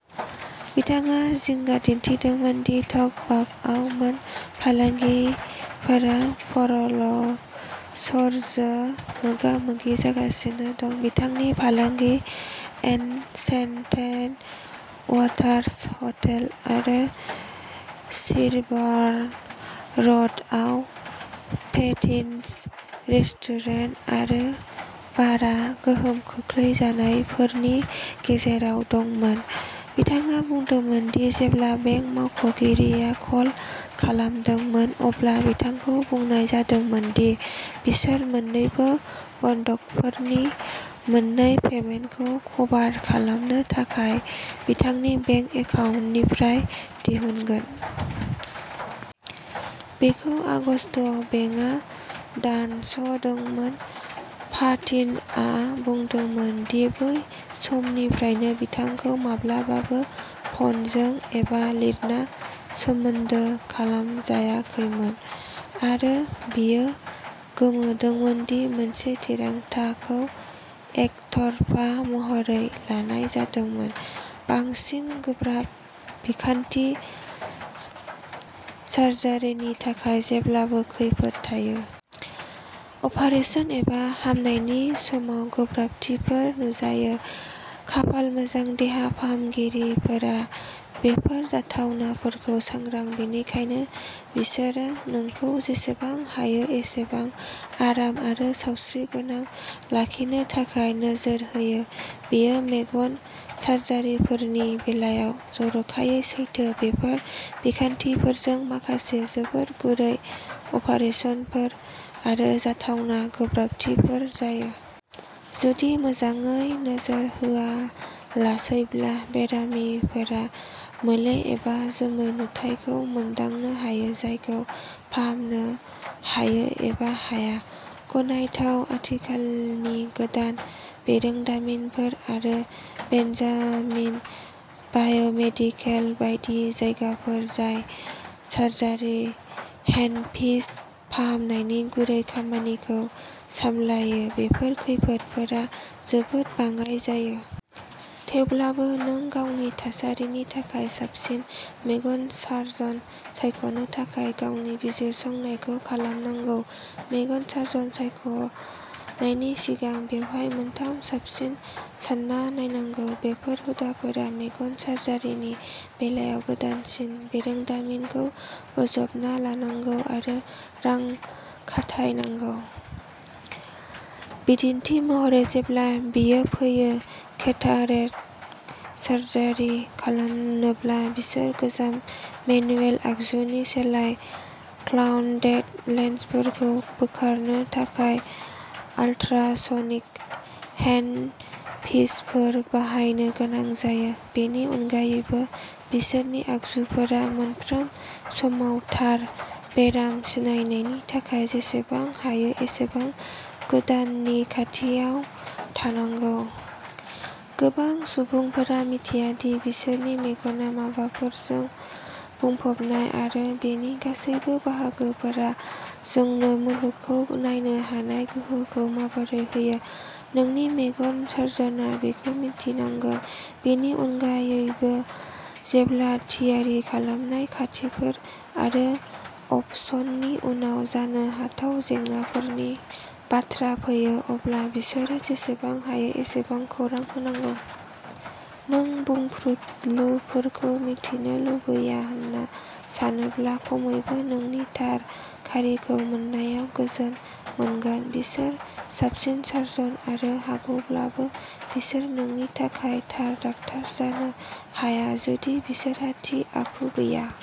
बिथाङा जिंगा दिन्थिदोंमोन दि ट'बाग'आव मोन फालांगिफोरा फ'रक्ल'सर्जों मोगा-मोगि जागासिनो दं। बिथांनि फालांगि, एनचेन्टेड वाटार्स हटेल आरो शिरभान र'डआव पेटिन'स रेस्टुरेन्ट आरो बारआ गोहोम खोख्लैजानायफोरनि गेजेराव दंमोन। बिथाङा बुंदोंमोन दि जेब्ला बेंक मावख'गिरिआ कल खालामदोंमोन अब्ला बिथांखौ बुंनाय जादोंमोन दि बिसोर मोन्नैबो बन्दकफोरनि मोननै पेमेन्टखौ कभार खालामनो थाखाय बिथांनि बेंक एकाउन्टनिफ्राय दिहुनगोन। बेखौ आगस्तआव बेंकआ दानस'दोंमोन। पाटिन'आ बुंदोंमोन दि बै समनिफ्रायनो बिथांखौ "माब्लाबाबो फ'नजों एबा लिरना सोमोन्दो खालामजायाखैमोन" आरो बियो गोमोदोंमोन दि मोनसे थिरांथाखौ "एकतरफा महरै लानाय जादोंमोन"। बांसिन गोब्राब बिखान्थि, सार्जारिनि थाखाय जेब्लाबो खैफोद थायो। अपारेसन एबा हामनायनि समाव गोब्राबथिफोर नुजायो। खाफाल मोजां, देहा फाहामगिरिफोरा बेफोर जाथावनाफोरखौ सांग्रां, बेनिखायनो बिसोरो नोंखौ जेसेबां हायो एसेबां आराम आरो सावस्रिगोनां लाखिनो थाखाय नोजोर होयो। बेयो मेगन सार्जारिफोरनि बेलायाव जर'खायै सैथो। बेफोर बिखान्थिफोरजों माखासे जोबोर गुरै अपारेसनफोर आरो जाथावना गोब्राबथिफोर जायो। जुदि मोजाङै नोजोर होआलासैब्ला, बेरामिफोरा मोले एबा जोमै नुथायखौ मोनदांनो हायो जायखौ फाहामनो हायो एबा हाया। गनायथाव, आथिखालनि गोदान बिरोंदामिनफोर आरो बेनजामिन बायोमेडिकेल बायदि जायगाफोर जाय सार्जारि हेन्डपिस फाहामनायनि गुरै खामानिखौ सामलायो, बेफोर खैफोदफोरा जोबोद बाङाइ जायो। थेवब्लाबो, नों गावनि थासारिनि थाखाय साबसिन मेगन सार्जन सायख'नो थाखाय गावनि बिजिरसंनायखौ खालामनांगौ। मेगन सार्जन सायख'नायनि सिगां बेवहाय मोनथाम साबसिन सान्ना नायनांगौ। बेफोर हुदाफोरा मेगन सार्जारिनि बेलायाव गोदानसिन बिरोंदामिनखौ बोजबना लानांगौ आरो रां खाथायनांगौ। बिदिन्थि महरै, जेब्ला बेयो फैयो। केटारेक्ट सार्जारि खालामनोब्ला, बिसोर गोजाम मेनुएल आगजुनि सोलाय क्लाउडेड लेन्सफोरखौ बोखारनो थाखाय आल्ट्रासनिक हेन्डपिसफोर बाहायनो गोनां जायो। बेनि अनगायैबो, बिसोरनि आगजुफोरा मोनफ्रोम समाव थार बेराम सिनायनायनि थाखाय जेसेबां हायो एसेबां गोदाननि खाथियाव थानांगौ। गोबां सुबुंफोरा मिथिया दि बिसोरनि मेगना माफोरजों बुंफबनाय आरो बेनि गासैबो बाहागोफोरा जोंनो मुलुगखौ नायनो हानाय गोहोखौ माबोरै होयो। नोंनि मेगन सार्जनआ बेखौ मिन्थिनांगोन। बेनि अनगायैबो, जेब्ला थियारि खालामनाय, खान्थिफोर आरो अपसननि उनाव जानो हाथाव जेंनाफोरनि बाथ्रा फैयो, अब्ला बिसोरो जेसेबां हायो एसेबां खौरां होनांगौ। नों बुंफ्रुदलुफोरखौ मिथिनो लुबैया होनना सानोब्ला, खमैबो नोंनि थार खारिखौ मोननायाव गोजोन मोनगोन। बिसोर साबसिन सार्जन जानो हागौब्लाबो, बिसोर नोंनि थाखाय थार डक्टर जानो हाया जुदि बिसोरहा थि आखु गैया।